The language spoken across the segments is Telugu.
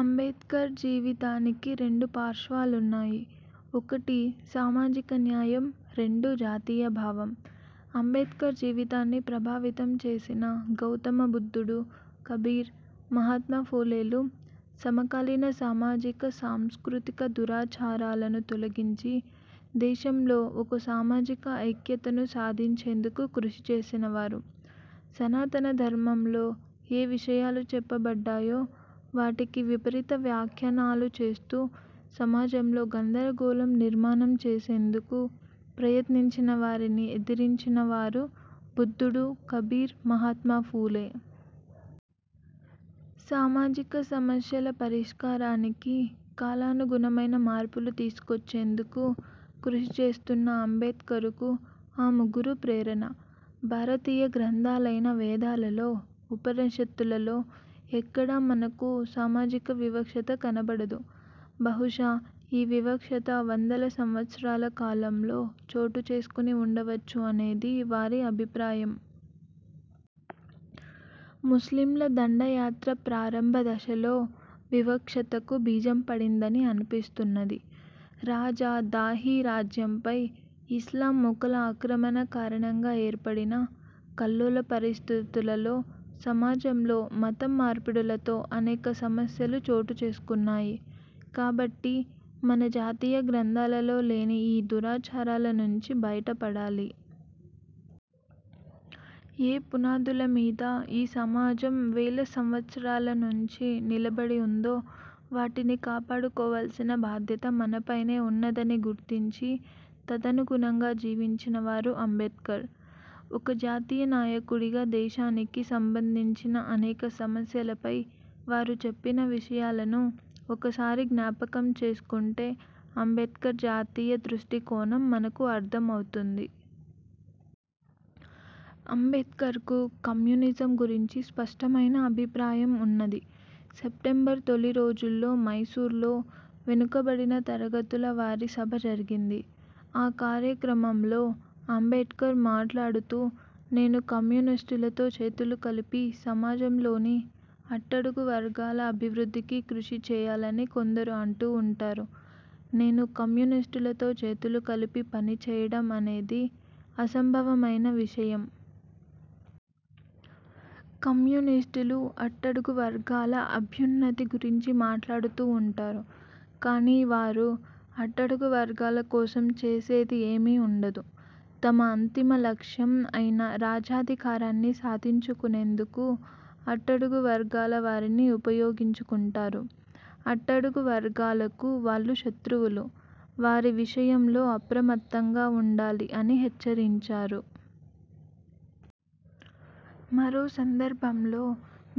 అంబేడ్కర్ జీవితానికి రెండు పార్శ్వాలున్నాయి. ఒకటి సామాజిక న్యాయం, రెండు జాతీయ భావం. అంబేడ్కర్ జీవితాన్ని ప్రభావితం చేసిన గౌతమ బుద్దుడు, కబీర్, మహత్మఫూలేలు సమకాలీన సామాజిక సాంస్కృతిక దురాచారాలను తొలగించి దేశంలో ఒక సామాజిక ఐక్యతను సాధించేందుకు కృషి చేసినవారు. సనాతన ధర్మంలో ఏ విషయాలు చెప్పబడ్డాయో వాటికి విపరీత వ్యాఖ్యనాలు చేస్తూ సమాజంలో గందరగోళం నిర్మాణం చేసేందుకు ప్రయత్నించిన వారిని ఎదిరించినవారు బుద్ధుడు, కబీర్, మహత్మఫూలే. సామాజిక సమస్యల పరిష్కారానికి కాలనుగుణమైన మార్పులు తీసుకొచ్చేందుకు కృషి చేస్తున్న అంబేడ్కర్కు ఆ ముగ్గురు ప్రేరణ. భారతీయ గ్రంథాలైన వేదాలలో ఉపనిషత్తులలో ఎక్కడా మనకు సామాజిక వివక్షత కనపడదు. బహుశ ఈ వివక్షత –- వందల సంవత్సరాల కాలంలో చోటు చేసుకుని ఉండవచ్చు అనేది వారి అభిప్రాయం. ముస్లింల దండయాత్ర ప్రారంభ దశలో వివక్షతకు బీజం పడిందని అన్పిస్తున్నది. రాజా దాహీ రాజ్యంపై ఇస్లాం మూకల అక్రమణ కారణంగా ఏర్పడిన కల్లోల పరిస్థితులలో సమాజంలో మతం మార్పిడులతో అనేక సమస్యలు చోటుచేసుకున్నాయి. కాబట్టి మన జాతీయ గ్రంథాలలో లేని ఈ దురాచారాల నుంచి బయట పడాలి. ఏ పునాదుల మీద ఈ సమాజం వేల సంవత్సారాల నుంచి నిలబడి ఉందో వాటిని కాపాడుకోవాల్సిన బాధ్యత మనపైనే ఉన్నదని గుర్తించి, తదనుగుణంగా జీవించిన వారు అంబేడ్కర్. ఒక జాతీయ నాయకుడిగా దేశానికి సంబంధించిన అనేక సమస్యలపై వారు చెప్పిన విషయాలను ఒకసారి జ్ఞాపకం చేసుకుంటే అంబేడ్కర్ జాతీయ దృష్టి కోణం మనకు అర్థమవుతుంది. అంబేడ్కర్కు కమ్యూనిజం గురించి స్పష్టమైన అభిప్రాయం ఉన్నది. సెప్టెంబర్ తొలి రోజుల్లో మైసూర్లో వెనుకబడిన తరగతుల వారి సభ జరిగింది. ఆ కార్యక్రమంలో అంబేడ్కర్ మాట్లాడుతూ 'నేను కమ్యూనిస్టులతో చేతులు కలిపి సమాజంలోని అట్టడుగు వర్గాల అభివృద్ధికి కృషి చేయాలని కొందరు అంటూ ఉంటారు. నేను కమ్యూనిస్టులతో చేతులు కలిపి పని చేయటం అనేది అసంభవమైన విషయం. కమ్యూనిస్టులు అట్టడుగు వర్గాల అభ్యున్నతి గురించి మాట్లాడుతూ ఉంటారు. కానీ వారు అట్టడుగు వర్గాల కోసం చేసేది ఏమీ ఉండదు. తమ అంతిమ లక్ష్యం అయిన రాజ్యాధికారాన్ని సాధించుకునేందుకు అట్టడుగు వర్గాల వారిని ఉపయోగించుకుంటారు. అట్టడుగు వర్గాలకు వాళ్లు శత్రువులు. వారి విషయంలో అప్రమత్తంగా ఉండాలి' అని హెచ్చరించారు. మరో సందర్భంలో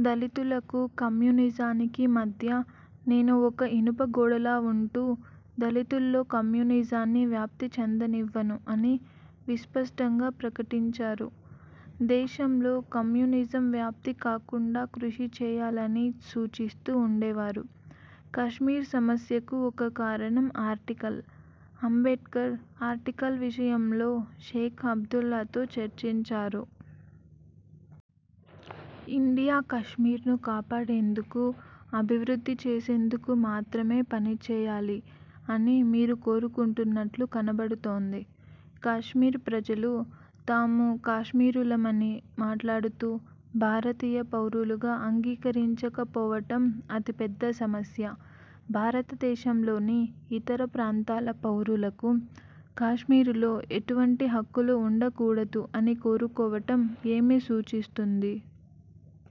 'దళితులకు కమ్యూనిజానికి మధ్య నేను ఒక ఇనుప గోడలా ఉంటూ దళితుల్లో కమ్యూనిజాన్ని వ్యాప్తి చెందనివ్వను' అని విస్పష్టంగా ప్రకటించారు. దేశంలో కమ్యూనిజం వ్యాప్తి కాకుండా కృషి చేయాలని సూచిస్తూ ఉండేవారు. కాశ్మీర్ సమస్యకు ఒక కారణం ఆర్టికల్. అంబేడ్కర్ ఆర్టికల్ విషయంలో షేక్ అబ్దుల్లాతో చర్చించారు. 'ఇండియా కాశ్మీర్ను కాపాడేందుకు, అభివృద్ధి చేసేందుకు మాత్రమే పని చేయాలి అని మీరు కోరుకుంటున్నట్లు కనబడుతోంది. కాశ్మీర్ ప్రజలు తాము కాశ్మీరులమని మాట్లాడుతూ భారతీయ పౌరులుగా అంగీకరించకపోవటం అతి పెద్ద సమస్య. భారతదేశంలోని ఇతర ప్రాంతాల పౌరులకు కాశ్మీరులో ఎటువంటి హక్కులు ఉండకూడదు అని కోరుకోవటం ఏమి సూచిస్తుంది?